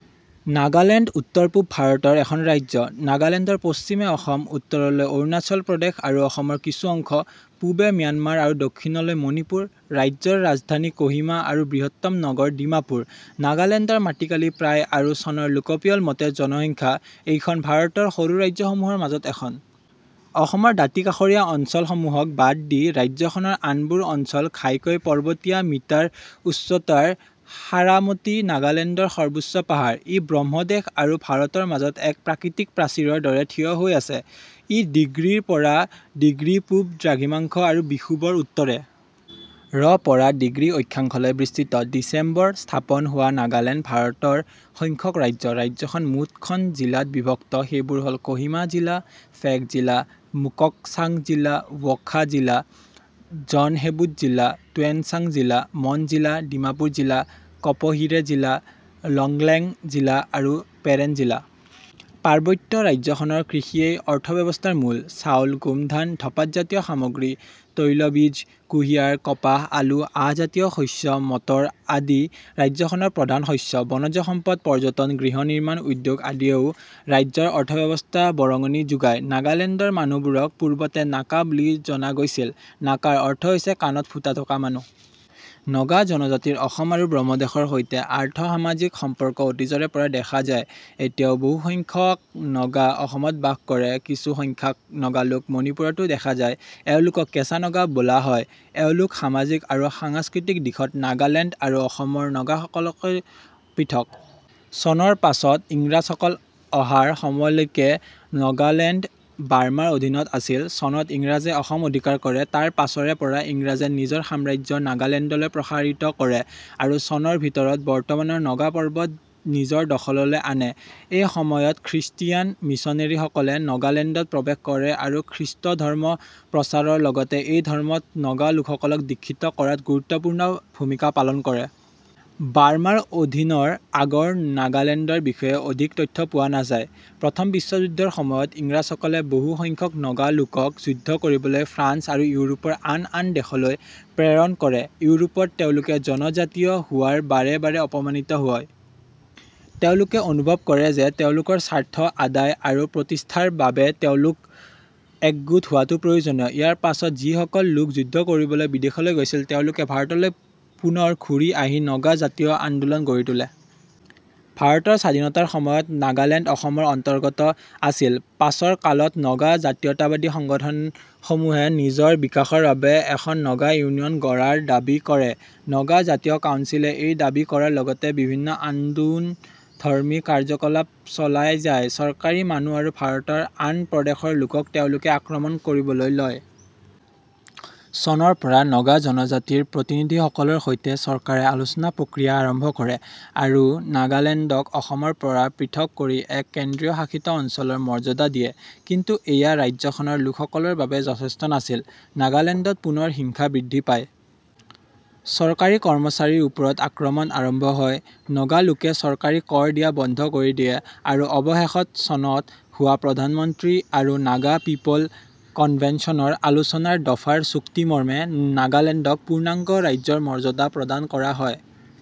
নাগালেণ্ড উত্তৰ-পূব ভাৰত ৰ এখন ৰাজ্য। নাগালেণ্ডৰ পশ্চিমে অসম, উত্তৰলৈ অৰুণাচল প্ৰদেশ আৰু অসমৰ কিছু অংশ, পূৱে ম্যানমাৰ আৰু দক্ষিণলৈ মণিপুৰ। ৰাজ্যৰ ৰাজধানী ক'হিমা, আৰু বৃহত্তম নগৰ ডিমাপুৰ, নাগালেণ্ডৰ মাটিকালি প্ৰায় আৰু চনৰ লোকপিয়ল মতে জনসংখ্যা, এইখন ভাৰত ৰ সৰু ৰাজ্যসমূহৰ মাজত এখন। অসমৰ দাঁতিকাষৰীয়া অঞ্চল সমূহক বাদ দি ৰাজ্য খনৰ আনবোৰ অঞ্চল ঘাইকৈ পৰ্বতীয়া, মিটাৰ ঊচ্চতাৰ সাৰামতি নাগালেণ্ডৰ সৰ্বোচ্চ পাহাৰ, ই ব্ৰহ্মদেশ আৰু ভাৰতৰ মাজত এক প্ৰাকৃতিক প্ৰাচীৰৰ দৰে থিয় হৈ আছে। ই ডিগ্ৰীৰ পৰা ডিগ্ৰী পূৱ দ্ৰাঘিমাংশ আৰু বিষুৱ ৰ উত্তৰে. ৰ পৰা ডিগ্ৰী অক্ষাংশলৈ বিস্তৃত। ডিচেম্বৰ স্থাপন হোৱা নাগালেণ্ড ভাৰতৰ সংখ্যক ৰাজ্য, ৰাজ্যখন মুঠ খন জিলাত বিভক্ত, সেইবোৰ হ'ল: ক'হিমা জিলা, ফেক জিলা, মুককচাং জিলা, ৱ'খা জিলা, জুনহেবুট' জিলা, টুৱেনচাং জিলা, মন জিলা, ডিমাপুৰ জিলা, কিপহিৰে জিলা, লংগ্লেং জিলা আৰু পেৰেণ জিলা. পাৰ্বত্য ৰাজ্যখনৰ কৃষিয়েই অৰ্থব্যৱস্থাৰ মূল। চাউল, গোমধান, ধপাতজাতীয় সামগ্ৰী, তৈলবীজ, কুহিঁয়াৰ, কপাহ, আলু, আহঁজাতীয় শস্য, মতৰ আদি ৰাজ্যখনৰ প্ৰধান শস্য। বনজ সম্পদ, পৰ্যটন, গৃহনিৰ্মাণ ঊদ্যোগ আদিয়েও ৰাজ্যৰ অৰ্থব্যৱস্থা বৰঙণি যোগাই। নাগালেণ্ডৰ মানুহবোৰক পূৰ্বতে নাকা বুলি জনা গৈছিল, নাকাৰ অৰ্থ হৈছে কাণত ফুটা থকা মানুহ। নগা জনজাতিৰ অসম আৰু ব্ৰহ্মদেশৰ সৈতে আৰ্থ-সামাজিক সম্পৰ্ক অতীজৰে পৰা দেখা যায়। এতিয়াও বহু সংখ্যাক নগা অসমত বাস কৰে, কিছু সংখ্যাক নগালোক মণিপুৰ তো দেখা যায়, এওঁলোকক কেঁচা নগা বোলা হয়, এওঁলোক সামাজিক আৰু সাংস্কৃতিক দিশত নাগালেণ্ড আৰু অসমৰ নগাসকলতকৈ পৃথক। চনৰ পাছত ইংৰাজসকল অহাৰ সময়লৈকে নগালেণ্ড বাৰ্মাৰ অধীনত আছিল, চনত ইংৰাজে অসম অধিকাৰ কৰে, তাৰ পাছৰে পৰা ইংৰাজে নিজৰ সাম্ৰাজ্য নাগালেণ্ডলৈ প্ৰসাৰিত কৰে আৰু চনৰ ভিতৰত বৰ্তমানৰ নগা পৰ্বত নিজৰ দখললৈ আনে, এই সময়ত খৃষ্টিয়ান মিচনেৰী সকলে নগালেণ্ডত প্ৰৱেশ কৰে আৰু খ্ৰীষ্ট ধৰ্ম প্ৰচাৰৰ লগতে এই ধৰ্মত নগা লোকসকলক দীক্ষিত কৰাত গুৰুত্বপূৰ্ণ ভূমিকা পালন কৰে। বাৰ্মাৰ অধীনৰ আগৰ নাগালেণ্ডৰ বিষয়ে অধিক তথ্য পোৱা নাযায়। প্ৰথম বিশ্বযুদ্ধৰ সময়ত ইংৰাজসকলে বহু সংখ্যক নগা লোকক যুদ্ধ কৰিবলৈ ফ্ৰান্স আৰু ইউৰোপৰ আন আন দেশলৈ প্ৰেৰণ কৰে, ইউৰোপত তেওঁলোকে জনজাতীয় হোৱাৰ বাৰে বাৰে অপমানিত হয়। তেওঁলোকে অনুভৱ কৰে যে তেওঁলোকৰ স্বাৰ্থ আদায় আৰু প্ৰতিষ্ঠাৰ বাবে তেওঁলোক একগোট হোৱাটো প্ৰয়োজনীয়। ইয়াৰ পাছত যি সকল লোক যুদ্ধ কৰিবলৈ বিদেশলৈ গৈছিল তেওঁলোকে ভাৰতলৈ পুনৰ ঘূৰি আহি নগা জাতীয় আন্দোলন গঢ়ি তোলে। ভাৰতৰ স্বাধীনতাৰ সময়ত নাগালেণ্ড অসমৰ অন্তৰ্গত আছিল, পাছৰ কালত নগা জাতীয়তাবাদী সংগঠন সমূহে নিজৰ বিকাশৰ বাবে এখন নগা ইউনিয়ন গঢ়াৰ দাবী কৰে, নগা জাতীয় কাউঞ্চিলে এই দাবী কৰাৰ লগতে বিভিন্ন আন্দোনধৰ্মী কাৰ্যকলাপ চলাই যায়, চৰকাৰী মানুহ আৰু ভাৰতৰ আন প্ৰদেশৰ লোকক তেওঁলোকে আক্ৰমণ কৰিবলৈ লয়। চনৰ পৰা নগা জনজাতীৰ প্ৰতিনিধি সকলৰ সৈতে চৰকাৰে আলোচনা প্ৰক্ৰিয়া আৰম্ভ কৰে, আৰু নাগালেণ্ডক অসমৰ পৰা পৃথক কৰি এক কেন্দ্ৰীয় শাসিত অঞ্চলৰ মৰ্যাদা দিয়ে, কিন্তু এয়া ৰাজ্যখনৰ লোকসকলৰ বাবে যথেষ্ট নাছিল। নাগালেণ্ডত পুনৰ হিংসা বৃদ্ধি পায়। চৰকাৰী কৰ্মচাৰীৰ ওপৰত আক্ৰমণ আৰম্ভ হয়। নগালোকে চৰকাৰী কৰ দিয়া বন্ধ কৰি দিয়ে আৰু অৱশেষত চনত হোৱা প্ৰধানমন্ত্ৰী আৰু নাগা পিপ'ল কনভেনচনৰ আলোচনাৰ দফাৰ চুক্তি মৰ্মে নাগালেণ্ডক পূৰ্ণাংগ ৰাজ্যৰ মৰ্যাদা প্ৰদান কৰা হয়।।